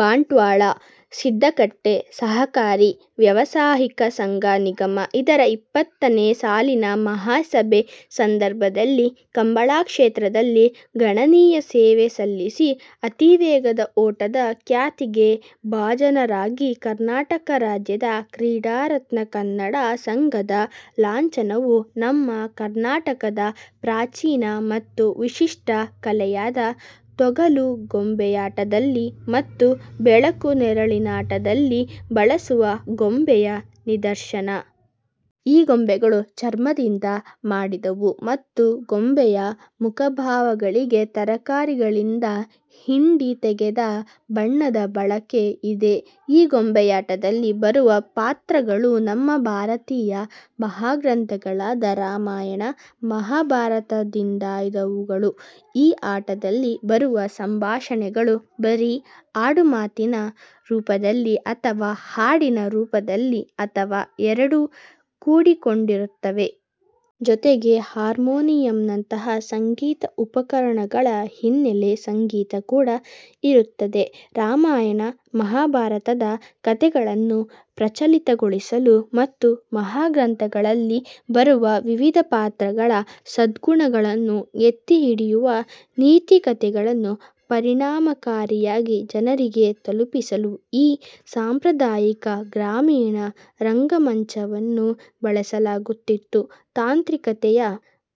ಬಂಟ್ವಾಳ: ಸಿದ್ದಕಟ್ಟೆ ಸಹಕಾರಿ ವ್ಯವಸಾಯಿಕ ಸಂಘ, ನಿಗಮ. ಇದರ ಇಪ್ಪತ್ತನೇ ಸಾಲಿನ ಮಹಾಸಭೆ ಸಂದರ್ಭದಲ್ಲಿ ಕಂಬಳ ಕ್ಷೇತ್ರದಲ್ಲಿ ಗಣನೀಯ ಸೇವೆಸಲ್ಲಿಸಿ ಅತೀ ವೇಗದ ಓಟದ ಖ್ಯಾತಿಗೆ ಬಾಜನರಾಗಿ ಕರ್ನಾಟಕ ರಾಜ್ಯದ ಕ್ರೀಡಾರತ್ನಕನ್ನಡ ಸಂಘದ ಲಾಂಛನವು ನಮ್ಮ ಕರ್ನಾಟಕದ ಪ್ರಾಚೀನ ಮತ್ತು ವಿಶಿಷ್ಟ ಕಲೆಯಾದ ತೊಗಲು ಗೊಂಬೆಯಾಟದಲ್ಲಿ ಮತ್ತು ಬೆಳಕು-ನೆರಳಿನಾಟದಲ್ಲಿ ಬಳಸುವ ಗೊಂಬೆಯ ನಿದರ್ಶನ. ಈ ಗೊಂಬೆಗಳು ಚರ್ಮದಿಂದ ಮಾಡಿದವು ಮತ್ತು ಗೊಂಬೆಯ ಮುಖಭಾವಗಳಿಗೆ ತರಕಾರಿಗಳಿಂದ ಹಿಂಡಿತೆಗೆದ ಬಣ್ಣದ ಬಳಕೆ ಇದೆ. ಈ ಗೊಂಬೆಯಾಟದಲ್ಲಿ ಬರುವ ಪಾತ್ರಗಳು ನಮ್ಮ ಭಾರತೀಯ ಮಹಾಗ್ರಂಥಗಳಾದ ರಾಮಾಯಣ, ಮಹಾಭಾರತದಿಂದಾಯ್ದವುಗಳು. ಈ ಆಟದಲ್ಲಿ ಬರುವ ಸಂಭಾಷಣೆಗಳು ಬರೀ ಆಡುಮಾತಿನ ರೂಪದಲ್ಲಿ ಅಥವಾ ಹಾಡಿನ ರೂಪದಲ್ಲಿ ಅಥವಾ ಎರಡೂ ಕೂಡಿಕೊಂಡಿರುತ್ತವೆ. ಜೊತೆಗೆ ಹಾರ್ಮೋನಿಯಮ್ನಂತಹ ಸಂಗೀತ ಉಪಕರಣಗಳ ಹಿನ್ನೆಲೆ ಸಂಗೀತ ಕೂಡ ಇರುತ್ತದೆ. ರಾಮಾಯಣ, ಮಹಾಭಾರತದ ಕಥೆಗಳನ್ನು ಪ್ರಚಲಿತಗೊಳಿಸಲು ಮತ್ತು ಮಹಾಗ್ರಂಥಗಳಲ್ಲಿ ಬರುವ ವಿವಿಧ ಪಾತ್ರಗಳ ಸದ್ಗುಣಗಳನ್ನು ಎತ್ತಿಹಿಡಿಯುವ ನೀತಿಕಥೆಗಳನ್ನು ಪರಿಣಾಮಕಾರಿಯಾಗಿ ಜನರಿಗೆ ತಲುಪಿಸಲು ಈ ಸಾಂಪ್ರದಾಯಿಕ ಗ್ರಾಮೀಣ ರಂಗಮಂಚವನ್ನು ಬಳಸಲಾಗುತ್ತಿತ್ತು. ತಾಂತ್ರಿಕತೆಯ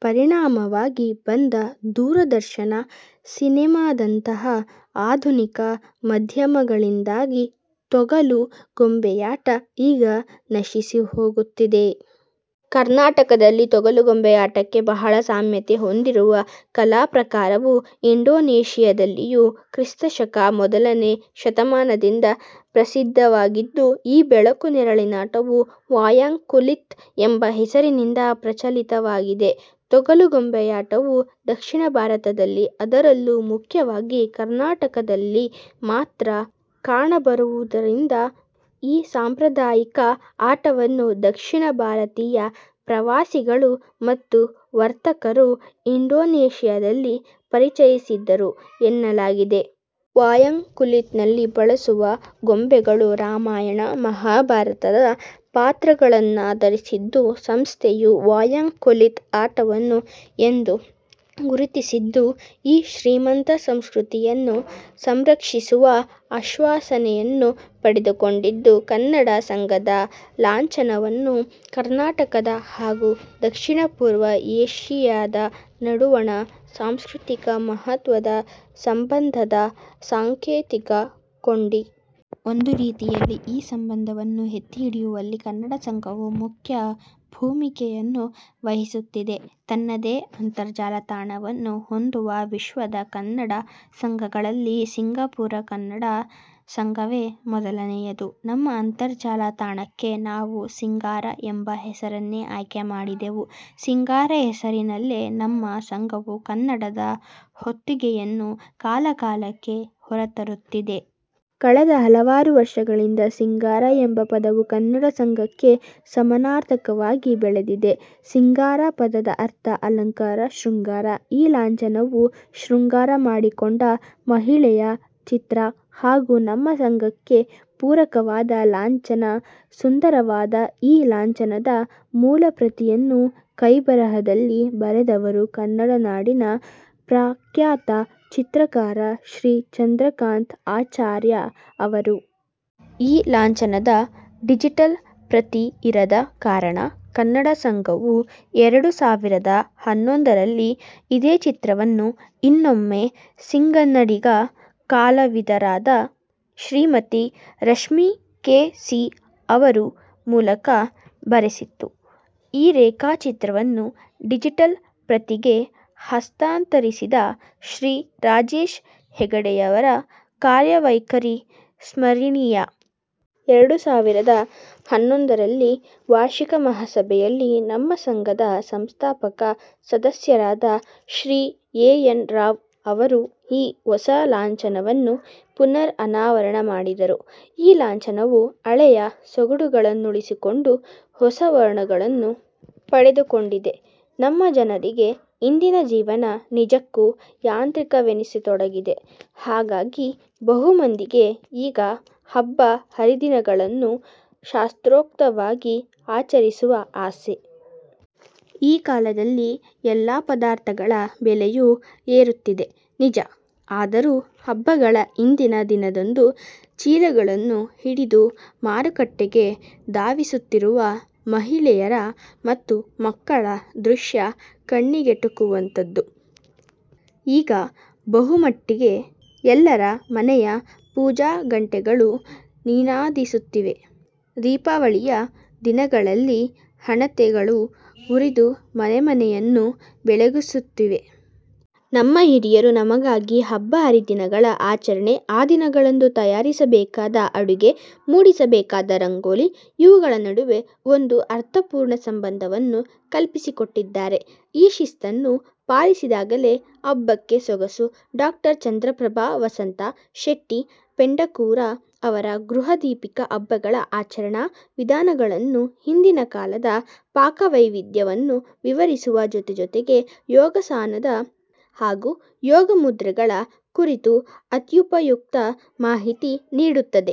ಪರಿಣಾಮವಾಗಿ ಬಂದ ದೂರದರ್ಶನ, ಸಿನೇಮಾದಂತಹ ಆಧುನಿಕ ಮಾಧ್ಯಮಗಳಿಂದಾಗಿ ತೊಗಲು ಗೊಂಬೆಯಾಟ ಈಗ ನಶಿಸಿಹೋಗುತ್ತಿದೆ. ಕರ್ನಾಟಕದ ತೊಗಲು ಗೊಂಬೆಯಾಟಕ್ಕೆ ಬಹಳ ಸಾಮ್ಯತೆ ಹೊಂದಿರುವ ಕಲಾಪ್ರಾಕಾರವು ಇಂಡೋನೇಶಿಯಾದಲ್ಲಿಯೂ ಕ್ರಿಸ್ತಶಕ ಮೊದಲನೇ ಶತಮಾನದಿಂದ ಪ್ರಸಿದ್ಧವಾಗಿದ್ದು, ಈ ಬೆಳಕು-ನೆರಳಿನಾಟವು "ವಯಾಂಗ್ ಕುಲಿತ್" ಎಂಬ ಹೆಸರಿನಿಂದ ಪ್ರಚಲಿತವಾಗಿದೆ. ತೊಗಲು ಗೊಂಬೆಯಾಟವು ದಕ್ಷಿಣ ಭಾರತದಲ್ಲಿ, ಅದರಲ್ಲೂ ಮುಖ್ಯವಾಗಿ ಕರ್ನಾಟಕದಲ್ಲಿ ಮಾತ್ರ ಕಾಣಬರುವುದರಿಂದ ಈ ಸಾಂಪ್ರದಾಯಿಕ ಆಟವನ್ನು ದಕ್ಷಿಣ ಭಾರತೀಯ ಪ್ರವಾಸಿಗಳು ಮತ್ತು ವರ್ತಕರು ಇಂಡೋನೇಶಿಯಾದಲ್ಲಿ ಪರಿಚಯಿಸಿದರು ಎನ್ನಲಾಗಿದೆ. "ವಯಾಂಗ್ ಕುಲಿತ್"ನಲ್ಲಿ ಬಳಸುವ ಗೊಂಬೆಗಳೂ ರಾಮಾಯಣ, ಮಹಾಭಾರತದ ಪಾತ್ರಗಳನ್ನಾಧರಿಸಿದ್ದು. ಸಂಸ್ಥೆಯು "ವಯಾಂಗ್ ಕುಲಿತ್" ಆಟವನ್ನು "" ಎಂದು ಗುರುತಿಸಿದ್ದು, ಈ ಶ್ರೀಮಂತ ಸಂಸ್ಕೃತಿಯನ್ನು ಸಂರಕ್ಷಿಸುವ ಆಶ್ವಾಸನೆಯನ್ನು ಪಡೆದುಕೊಂಡಿದೆ. ಕನ್ನಡ ಸಂಘದ ಲಾಂಛನವು ಕರ್ನಾಟಕದ ಹಾಗೂ ದಕ್ಷಿಣ-ಪೂರ್ವ ಏಶಿಯಾದ ನಡುವಣ ಸಾಂಸ್ಕೃತಿಕ ಮಹತ್ವದ ಸಂಬಂಧದ ಸಾಂಕೇತಿಕ ಕೊಂಡಿ. ಒಂದು ರೀತಿಯಲ್ಲಿ ಈ ಸಂಬಂಧವನ್ನು ಎತ್ತಿಹಿಡಿಯುವಲ್ಲಿ ಕನ್ನಡ ಸಂಘವು ಮುಖ್ಯ ಭೂಮಿಕೆಯನ್ನು ವಹಿಸುತ್ತಿದೆ. ತನ್ನದೇ ಅಂತರ್ಜಾಲ ತಾಣವನ್ನು ಹೊಂದುವ ವಿಶ್ವದ ಕನ್ನಡ ಸಂಘಗಳಲ್ಲಿ ಸಿಂಗಪುರ ಕನ್ನಡ ಸಂಘವೇ ಮೊದಲನೆಯದು. ನಮ್ಮ ಅಂತರ್ಜಾಲ ತಾಣಕ್ಕೆ ನಾವು "ಸಿಂಗಾರ"ಎಂಬ ಹೆಸರನ್ನೇ ಆಯ್ಕೆ ಮಾಡಿದೆವು. "ಸಿಂಗಾರ" ಹೆಸರಿನಲ್ಲೇ ನಮ್ಮ ಸಂಘವು ಕನ್ನಡದ ಹೊತ್ತುಗೆಯನ್ನು ಕಾಲಕಾಲಕ್ಕೆ ಹೊರತರುತ್ತಿದೆ. ಕಳೆದ ಹಲವಾರು ವರ್ಷಗಳಿಂದ "ಸಿಂಗಾರ" ಎಂಬ ಪದವು ಕನ್ನಡ ಸಂಘಕ್ಕೆ ಸಮಾನಾರ್ಥಕವಾಗಿ ಬೆಳೆದಿದೆ. "ಸಿಂಗಾರ" ಪದದ ಅರ್ಥ ಅಲಂಕಾರ, ಶೃಂಗಾರ. ಈ ಲಾಂಛನವು ಶೃಂಗಾರ ಮಾಡಿಕೊಂಡ ಮಹಿಳೆಯ ಚಿತ್ರ ಹಾಗೂ ನಮ್ಮ ಸಂಘಕ್ಕೆ ಪೂರಕವಾದ ಲಾಂಛನ. ಸುಂದರವಾದ ಈ ಲಾಂಛನದ ಮೂಲಪ್ರತಿಯನ್ನು ಕೈಬರಹದಲ್ಲಿ ಬರೆದವರು ಕನ್ನಡನಾಡಿನ ಪ್ರಖ್ಯಾತ ಚಿತ್ರಕಾರ ಶ್ರೀ ಚಂದ್ರಕಾಂತ್ ಆಚಾರ್ಯ ಅವರು. ಈ ಲಾಂಛನದ ಡಿಜಿಟಲ್ ಪ್ರತಿ ಇರದ ಕಾರಣ ಕನ್ನಡ ಸಂಘ ವು ಎರಡು ಸಾವಿರದ ಹನ್ನೊಂದರಲ್ಲಿ ಇದೇ ಚಿತ್ರವನ್ನು ಇನ್ನೊಮ್ಮೆ, ಸಿಂಗನ್ನಡಿಗ ಕಲಾವಿದರಾದ ಶ್ರಿಮತಿ ರಶ್ಮಿ ಕೆ. ಸಿ ಅವರು ಮೂಲಕ ಬರೆಸಿತು. ಈ ರೇಖಾ ಚಿತ್ರವನ್ನು ಡಿಜಿಟಲ್ ಪ್ರತಿಗೆ ಹಸ್ತಾಂತರಿಸಿದ ಶ್ರೀ ರಾಜೇಶ್ ಹೆಗಡೆಯವರ ಕಾರ್ಯವೈಕರಿ ಸ್ಮರಿಣೀಯ. ಎರಡು ಸಾವಿರದ ಹನ್ನೊಂದರಲ್ಲಿ ವಾರ್ಷಿಕ ಮಹಾಸಭೆಯಲ್ಲಿ ನಮ್ಮ ಸಂಘದ ಸಂಸ್ಥಾಪಕ ಸದಸ್ಯರಾದ ಶ್ರೀ ಎ. ಎನ್. ರಾವ್ ಅವರು ಈ ಹೊಸ ಲಾಂಛನವನ್ನು ಪುನರ್-ಅನಾವರಣ ಮಾಡಿದರು. ಈ ಲಾಂಛನವು ಹಳೆಯ ಸೊಗಡುಗಳನ್ನುಳಿಸಿಕೊಂಡು ಹೊಸ ವರ್ಣಗಳನ್ನು ಪಡೆದುಕೊಂಡಿದೆ. ನಮ್ಮ ಜನರಿಗೆ ಇಂದಿನ ಜೀವನ ನಿಜಕ್ಕೂ ಯಾಂತ್ರಿಕವೆನಿಸತೊಡಗಿದೆ. ಹಾಗಾಗಿ ಬಹುಮಂದಿಗೆ ಈಗ ಹಬ್ಬ ಹರಿದಿನಗಳನ್ನು ಶಾಸ್ತ್ರೋಕ್ತವಾಗಿ ಆಚರಿಸುವ ಆಸೆ. ಈ ಕಾಲದಲ್ಲಿ ಎಲ್ಲ ಪದಾರ್ಥಗಳ ಬೆಲೆಯೂ ಏರುತ್ತಿದೆ, ನಿಜ. ಆದರೂ ಹಬ್ಬಗಳ ಹಿಂದಿನ ದಿನದಂದು ಚೀಲಗಳನ್ನು ಹಿಡಿದು ಮಾರುಕಟ್ಟೆಗೆ ಧಾವಿಸುತ್ತಿರುವ ಮಹಿಳೆಯರ ಮತ್ತು ಮಕ್ಕಳ ದೃಶ್ಯ ಕಣ್ಣಿಗೆಕಟ್ಟುವಂಥದು. ಈಗ ಬಹುಮಟ್ಟಿಗೆ ಎಲ್ಲರ ಮನೆಯ ಪೂಜಾಗಂಟೆಗಳೂ ನಿನಾದಿಸುತ್ತಿವೆ. ದೀಪಾವಳಿಯ ದಿನಗಳಲ್ಲಿ ಹಣತೆ ಗಳು ಉರಿದು ಮನೆಮನೆಯನ್ನೂ ಬೆಳಗಿಸುತ್ತಿವೆ. ನಮ್ಮ ಹಿರಿಯರು ನಮಗಾಗಿ ಹಬ್ಬ ಹರಿದಿನಗಳ ಆಚರಣೆ, ಆ ದಿನಗಳಂದು ತಯಾರಿಸ ಬೇಕಾದ ಅಡುಗೆ, ಮೂಡಿಸಬೇಕಾದ ರಂಗೋಲಿ, ಇವುಗಳ ನಡುವೆ ಒಂದು ಅರ್ಥಪೂರ್ಣ ಸಂಬಂಧವನ್ನು ಕಲ್ಪಿಸಿಕೊಟ್ಟಿದ್ದಾರೆ. ಈ ಶಿಸ್ತನ್ನು ಪಾಲಿಸಿದಾಗಲೇ ಹಬ್ಬಕ್ಕೆ ಸೊಗಸು. ಡಾ ಚಂದ್ರಪ್ರಭಾ ವಸಂತ ಶೆಟ್ಟಿ ಪೆಂಡಕೂರ ಅವರ ಗೃಹ ದೀಪಿಕ ಹಬ್ಬಗಳ ಆಚರಣಾ ವಿಧಾನಗಳನ್ನೂ ಹಿಂದಿನ ಕಾಲದ ಪಾಕವೈವಿಧ್ಯ ವನ್ನೂ ವಿವರಿಸುವ ಜೊತೆಜೊತೆಗೇ ಯೋಗಾಸನದ ಹಾಗೂ ಯೋಗ ಮುದ್ರೆಗಳ ಕುರಿತೂ ಅತ್ಯುಪಯುಕ್ತ ಮಾಹಿತಿ ನೀಡುತ್ತದೆ.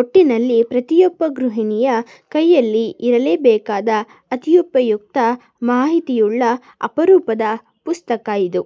ಒಟ್ಟಿನಲ್ಲಿ ಪ್ರತಿಯೊಬ್ಬ ಗೃಹಿಣಿಯ ಕೈಯಲ್ಲೂ ಇರಲೇಬೇಕಾದ, ಅತ್ಯುಪಯುಕ್ತ ಮಾಹಿತಿಯುಳ್ಳ ಅಪರೂಪದ ಪುಸ್ತಕ ಇದು.